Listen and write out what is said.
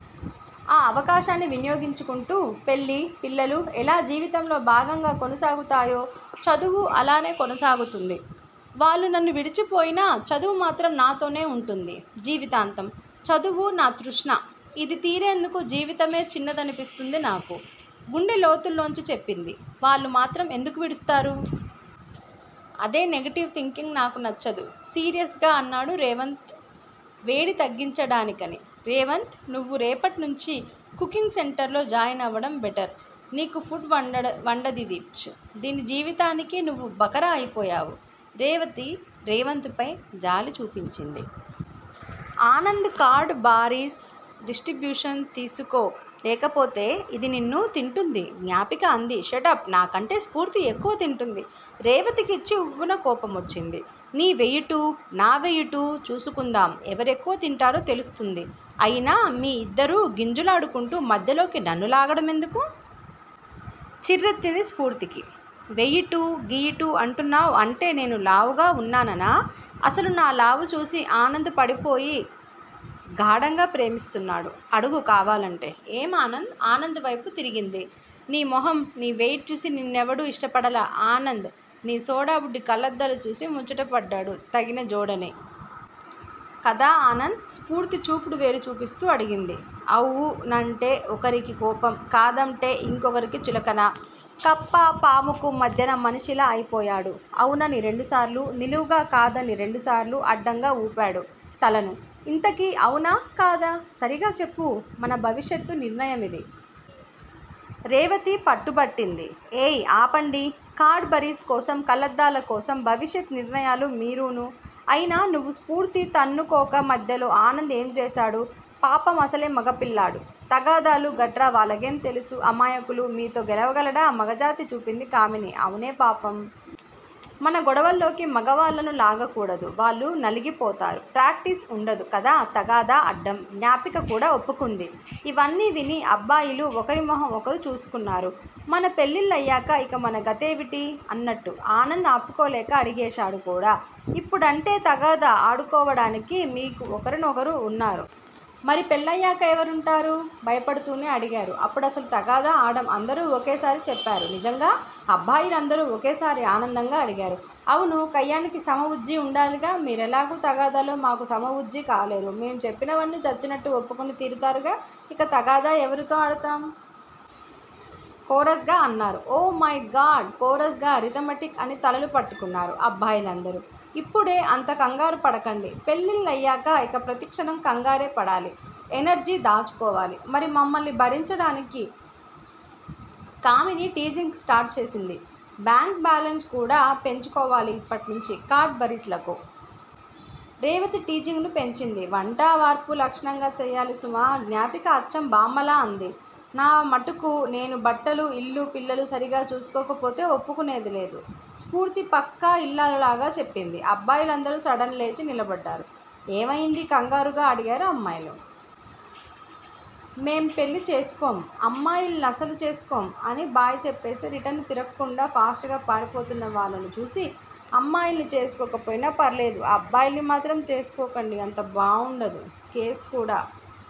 ఆ అవకాశాన్ని వినియోగించుకుంటూ పెళ్ళి, పిల్లలూ ఎలా జీవితంలో భాగంగా కొనసాగుతాయో చదువూ అలానే కొనసాగుతుంది. వాళ్ళు నన్ను విడిచిపోయినా చదువు మాత్రం నాతోనే ఉంటుంది జీవితాంతం! చదువు నా తృష్ణ! ఇది తీరేందుకు జీవితమే చిన్నదనిపిస్తుంది నాకు! గుండెలోతుల్లోంచి చెప్పింది. వాళ్ళు మాత్రం ఎందుకు విడుస్తారు? అదే నెగటివ్ థింకింగ్ నాకు నచ్చదు! సీరియస్ గా అన్నాడు రేవంత్ వేడి తగ్గించడానికని. రేవంత్ నువ్వు రేపట్నుంచీ కుకింగ్ సెంటర్ లో జాయినవడం బెటర్! నీకు పుడ్ వండదిది! ష్చ్! దీన్ని జీవితానికి నువ్వు బకరా అయిపోయావు! రేవతి రేవంత్ పై జాలి చూపించింది. ఆనంద్ కాడ్ బరీస్ డిస్ట్రిబ్యూషన్ తీసుకో! లేపోతే ఇది నిన్నూ తింటూంది! జ్ఞాపిక అంది. షటప్! నాకంటే స్ఫూర్తి ఎక్కువ తింటుంది! రేవతికి చివ్వున కోపమొచ్చింది. నీ వెయిటూ, నా వెయిటూ చూసుకుందాం. ఎవరెక్కువ తింటారో తెలుస్తుంది! అయినా మీ ఇద్దరూ గింజులాడుకుంటూ మధ్యలోకి నన్ను లాగడమెందుకు? చిర్రెత్తింది స్ఫూర్తికి. వెయిటూ, గియిటూ అంటున్నావ్? అంటే నేను లావుగా ఉన్నాననా? అసలు నా లావు చూసే ఆనంద్ పడిపోయి గాఢంగా ప్రేమిస్తున్నాడు! అడుగు కావాలంటే! ఏం ఆనంద్? ఆనంద్ వైపు తిరిగింది. నీ మొహంఁ నీ వెయిట్ చూసి నిన్నెవడూ ఇష్టపడలా! ఆనంద్ నీ సోడాబుడ్డీ కళ్ళద్దాలు చూసి ముచ్చటపడ్డాడు తగిన జోడని! కదా ఆనంద్?! స్ఫూర్తి చూపుడువేలు చూపిస్తూ అడిగింది. 'అవు' నంటే ఒకరికి కోపం- 'కాదం'టే ఇంకోకరికి చులకన! కప్ప, పాముకు మధ్యన మనిషిలా అయిపోయాడు. 'అవు'నని రెండుసార్లు నిలువుగా. 'కాదని' ని రెండుసార్లు అడ్డంగా ఊపాడు తలను. ఇంతకీ అవునా, కాదా సరిగా చెప్పు! మన భవిష్యత్తు నిర్ణయమిది! రేవతి పట్టుబట్టింది. ఏయ్ఁ ఆపండి! కాడ్ బరీస్ కోసం, కళ్ళద్దాల కోసం భవిష్యత్ నిర్ణయాలూ, మీరూనూ! అయినా- నువ్వూ, స్ఫూర్తీ తన్నుకోక మధ్యలో ఆనంద్ ఏంచేశాడు? పాపం అసలే మగపిల్లాడు- తగాదాలూ, గట్రా వాళ్ళకేం తెలుసు అమాయకులు?! మీతో గెలవగలడా! మగజాతి చూపింది కామిని. అవునే పాపం! మన గొడవల్లోకి మగవాళ్ళను లాగకూడదు. వాళ్ళు నలిగిపోతారు. ప్రాక్టీస్ ఉండదు కదా తగాదా అడ్డం! జ్ఞాపిక కూడా ఒప్పుకుంది. ఇవన్నీ విని అబ్బాయిలు ఒకరి మొహం ఒకరు చూసుకున్నారు 'మన పెళ్ళిళ్లయ్యాక ఇక మన గతేవిటీ?! ' అన్నట్టు. ఆనంద్ ఆపుకోలేక అడిగేశాడు కూడా- ఇప్పుడంటే తగాదా ఆడుకోవడానికి మీకు ఒకరికొకరు ఉన్నారు. మరి, పెళ్ళయ్యాక ఎవరుంటారు? భయపడుతూనే అడిగారు. అప్పుడసలు తగాదా ఆడం! అందరూ ఒకేసారి చెప్పారు. నిజంగా?! అబ్బాయిలందరూ ఒకేసారి అనందంగా అడిగారు. అవును కయ్యానికి సమవుజ్జీ ఉడాలిగా! మీరెలాగూ తగాదాలో మాకు సమవుజ్జీ కాలేరు. మేం చెప్పినవన్నీ చచ్చినట్టు ఒప్పుకుని తీరతారుగా! ఇక, తగాదా ఎవరితో ఆడతాం?! కోరస్ గా అన్నారు. Oh my God! కోరస్ గా, రిథమటిక్ అని తలలు పట్టుకున్నారు అబ్బాయిలందరూ! ఇప్పుడే అంత కంగారుపడకండి! పెళ్ళిళ్లయ్యాక ఇక ప్రతిక్షణం కంగారేపడాలి. ఎనర్జీ దాచుకోవాలి మరి మమ్మల్ని భరించడానికి! కామిని టీజింగ్ స్టార్ట్ చేసింది. బాంక్ బ్యాలెన్స్ కూడా పెంచుకోవాలి ఇప్పట్నుంచీ కాడ్ బరీస్ లకు! రేవతి టిజింగ్ ను పెంచింది. వంటా, వార్పూ లక్షణంగా చెయ్యాలి సుమా! జ్ఞాపిక అచ్చం బామ్మలా అంది. నా మటుకు నేను బట్టలూ, ఇల్లూ, పిల్లలూ సరిగా చూసుకోకపోతే ఒప్పుకునేది లేదు! స్ఫూర్తి పక్కా ఇల్లాలులాగా చెప్పింది. అబ్బాయిలందరూ సడన్ లేచి నిలబడ్డారు! ఎవయిందీ కంగారుగా అడిగారు అమ్మాయిలు. మేం పెళ్ళిచేసుకోం! అమ్మాయిల్నసలు చేసుకోం!! అని, బై చెప్పేసి రిటర్స్ తిరక్కుండా ఫాస్ట్ గా పారిపోతున్న వాళ్ళను చూసి, అమ్మాయిల్ని చేసుకోకపోయినా పర్లేదు! అబ్బాయిల్ని మాత్రం చేసుకోకండి! అంత బావుండదు. కేస్ కూడా